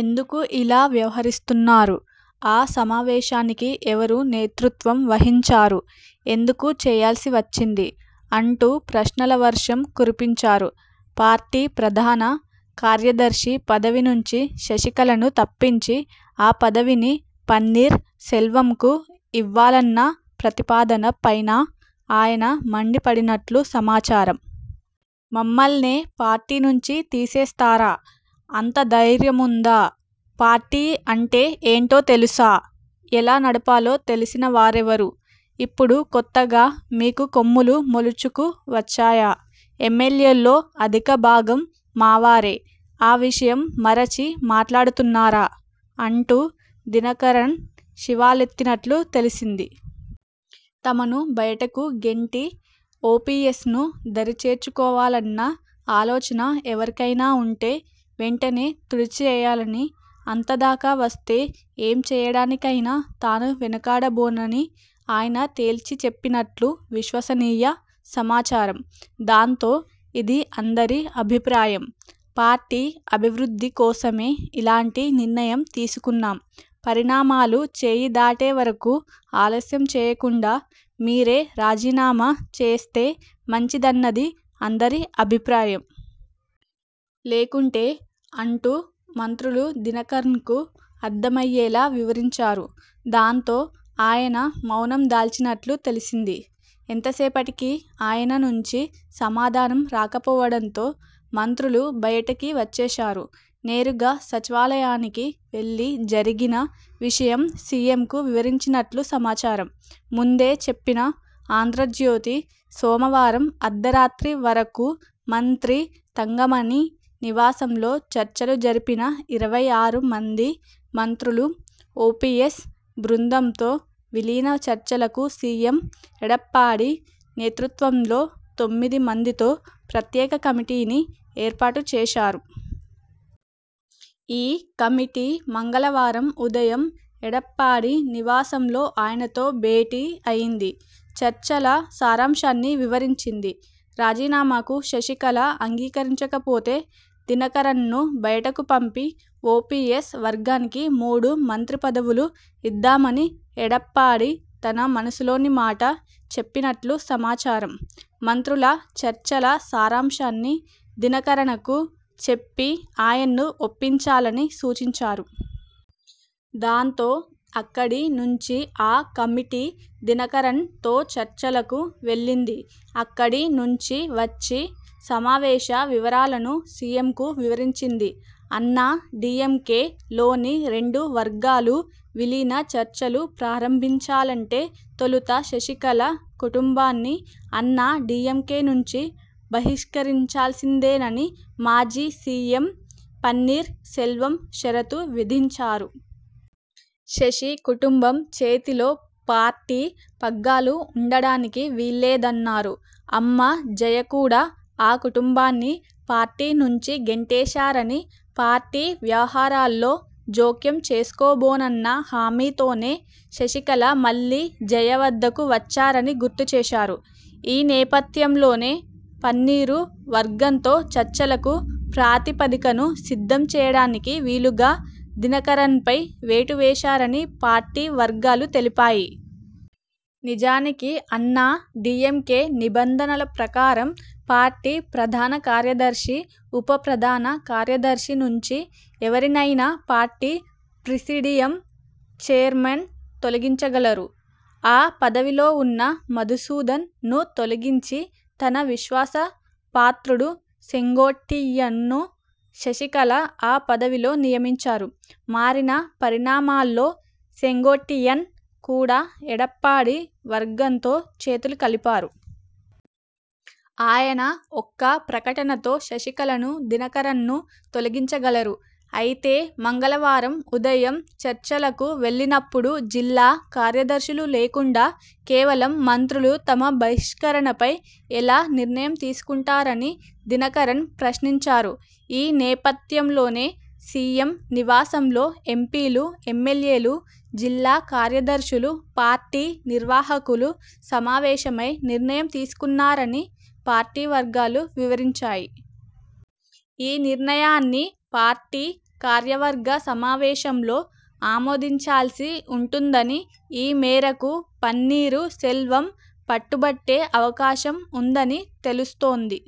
ఎందుకు ఇలా వ్యవహరిస్తున్నారు? ఆ సమావేశానికి ఎవరు నేతృత్వం వహించారు? ఎందుకు చేయాల్సి వచ్చింది? '' అంటూ ప్రశ్నల వర్షం కురిపించారు. పార్టీ ప్రధాన కార్యదర్శి పదవి నుంచి శశికళను తప్పించి ఆ పదవిని పన్నీర్ సెల్వంకు ఇవ్వాలన్న ప్రతిపాదన పైనా ఆయన మండిపడినట్లు సమాచారం. ''మమ్మల్నే పార్టీ నుంచి తీసేస్తారా? అంత ధైర్యముందా? పార్టీ అంటే ఏంటో తెలుసా? ఎలా నడపాలో తెలిసిన వారెవరు? ఇప్పుడు కొత్తగా మీకు కొమ్ములు మొలుచుకు వచ్చాయా? ఎమ్మెల్యేల్లో అధిక భాగం మావారే. ఆ విషయం మరచి మాట్లాడుతున్నారా? '' అంటూ దినకరన్ శివాలెత్తినట్లు తెలిసింది. తమను బయటకు గెంటి, ఓపీఎస్ను దరి చేర్చుకోవాలన్న ఆలోచన ఎవరికైనా ఉంటే వెంటనే తుడిచేయాలని, అంతదాకా వస్తే ఏం చేయడానికైనా తాను వెనకాడబోనని ఆయన తేల్చి చెప్పినట్లు విశ్వసనీయ సమాచారం. దాంతో, ''ఇది అందరి అభిప్రాయం. పార్టీ అభివృద్ధి కోసమే ఇలాంటి నిర్ణయం తీసుకున్నాం. పరిణామాలు చేయి దాటే వరకూ ఆలస్యం చేయకుండా మీరే రాజీనామా చేస్తే మంచిదన్నది అందరి అభిప్రాయం. లేకుంటే.. '' అంటూ మంత్రులు దినకరన్కు అర్థమయ్యేలా వివరించారు. దాంతో ఆయన మౌనం దాల్చినట్లు తెలిసింది. ఎంతసేపటికీ ఆయన నుంచి సమాధానం రాకపోవడంతో మంత్రులు బయటికి వచ్చేశారు. నేరుగా సచివాలయానికి వెళ్లి జరిగిన విషయం సీఎంకు వివరించినట్లు సమాచారం. ముందే చెప్పిన 'ఆంధ్రజ్యోతి' సోమవారం అర్ధరాత్రి వరకూ మంత్రి తంగమణి నివాసంలో చర్చలు జరిపిన ఇరవై ఆరు మంది మంత్రులు, ఓపీఎస్ బృందంతో విలీన చర్చలకు సీఎం ఎడప్పాడి నేతృత్వంలో తొమ్మిది మందితో ప్రత్యేక కమిటీని ఏర్పాటు చేశారు. ఈ కమిటీ మంగళవారం ఉదయం ఎడప్పాడి నివాసంలో ఆయనతో భేటీ అయింది. చర్చల సారాంశాన్ని వివరించింది. రాజీనామాకు శశికళ అంగీకరించకపోతే, దినకరన్ను బయటకు పంపి, ఓపీఎస్ వర్గానికి మూడు మంత్రి పదవులు ఇద్దామని ఎడప్పాడి తన మనసులోని మాట చెప్పినట్లు సమాచారం. మంత్రుల చర్చల సారాంశాన్ని దినకరనకు చెప్పి ఆయన్ను ఒప్పించాలని సూచించారు. దాంతో, అక్కడి నుంచి ఆ కమిటీ దినకరన్ తో చర్చలకు వెళ్లింది. అక్కడి నుంచి వచ్చి సమావేశ వివరాలను సీఎంకు వివరించింది. అన్నా డీఎంకే లోని రెండు వర్గాలూ విలీన చర్చలు ప్రారంభించాలంటే తొలుత శశికళ కుటుంబాన్ని అన్నా డీఎంకే నుంచి బహిష్కరించాల్సిందేనని మాజీ సీఎం పన్నీర్ సెల్వం షరతు విధించారు. శశి కుటుంబం చేతిలో పార్టీ పగ్గాలు ఉండడానికి వీల్లేదన్నారు. అమ్మ జయ కూడా ఆ కుటుంబాన్ని పార్టీ నుంచి గెంటేశారని, పార్టీ వ్యవహారాల్లో జోక్యం చేసుకోబోనన్న హామీ తోనే శశికళ మళ్లీ జయ వద్దకు వచ్చారని గుర్తు చేశారు. ఈ నేపథ్యంలోనే, పన్నీరు వర్గంతో చర్చలకు ప్రాతిపదికను సిద్ధం చేయడానికి వీలుగా దినకరన్పై వేటు వేశారని పార్టీ వర్గాలు తెలిపాయి. నిజానికి, అన్నా డీఎంకే నిబంధనల ప్రకారం, పార్టీ ప్రధాన కార్యదర్శి, ఉప ప్రధాన కార్యదర్శి నుంచి ఎవరినైనా పార్టీ ప్రిసీడియం చైర్మన్ తొలగించగలరు. ఆ పదవిలో ఉన్న మధుసూదన్ ను తొలగించి తన విశ్వాస పాత్రుడు సెంగోట్టియ్యన్ను శశికళ ఆ పదవిలో నియమించారు. మారిన పరిణామాల్లో సెంగోట్టియ్యన్ కూడా ఎడప్పాడి వర్గంతో చేతులు కలిపారు. ఆయన ఒక్క ప్రకటనతో శశికళను, దినకరన్ను తొలగించగలరు. అయితే, మంగళవారం ఉదయం చర్చలకు వెళ్లినప్పుడు జిల్లా కార్యదర్శులు లేకుండా కేవలం మంత్రులు తమ బహిష్కరణపై ఎలా నిర్ణయం తీసుకుంటారని దినకరన్ ప్రశ్నించారు. ఈ నేపథ్యంలోనే, సీఎం నివాసంలో ఎంపీలు, ఎమ్మెల్యేలు, జిల్లా కార్యదర్శులు, పార్టీ నిర్వాహకులు సమావేశమై నిర్ణయం తీసుకున్నారని పార్టీ వర్గాలు వివరించాయి. ఈ నిర్ణయాన్ని పార్టీ కార్యవర్గ సమావేశంలో ఆమోదించాల్సి ఉంటుందని, ఈ మేరకు పన్నీరు సెల్వం పట్టుబట్టే అవకాశం ఉందని తెలుస్తోంది.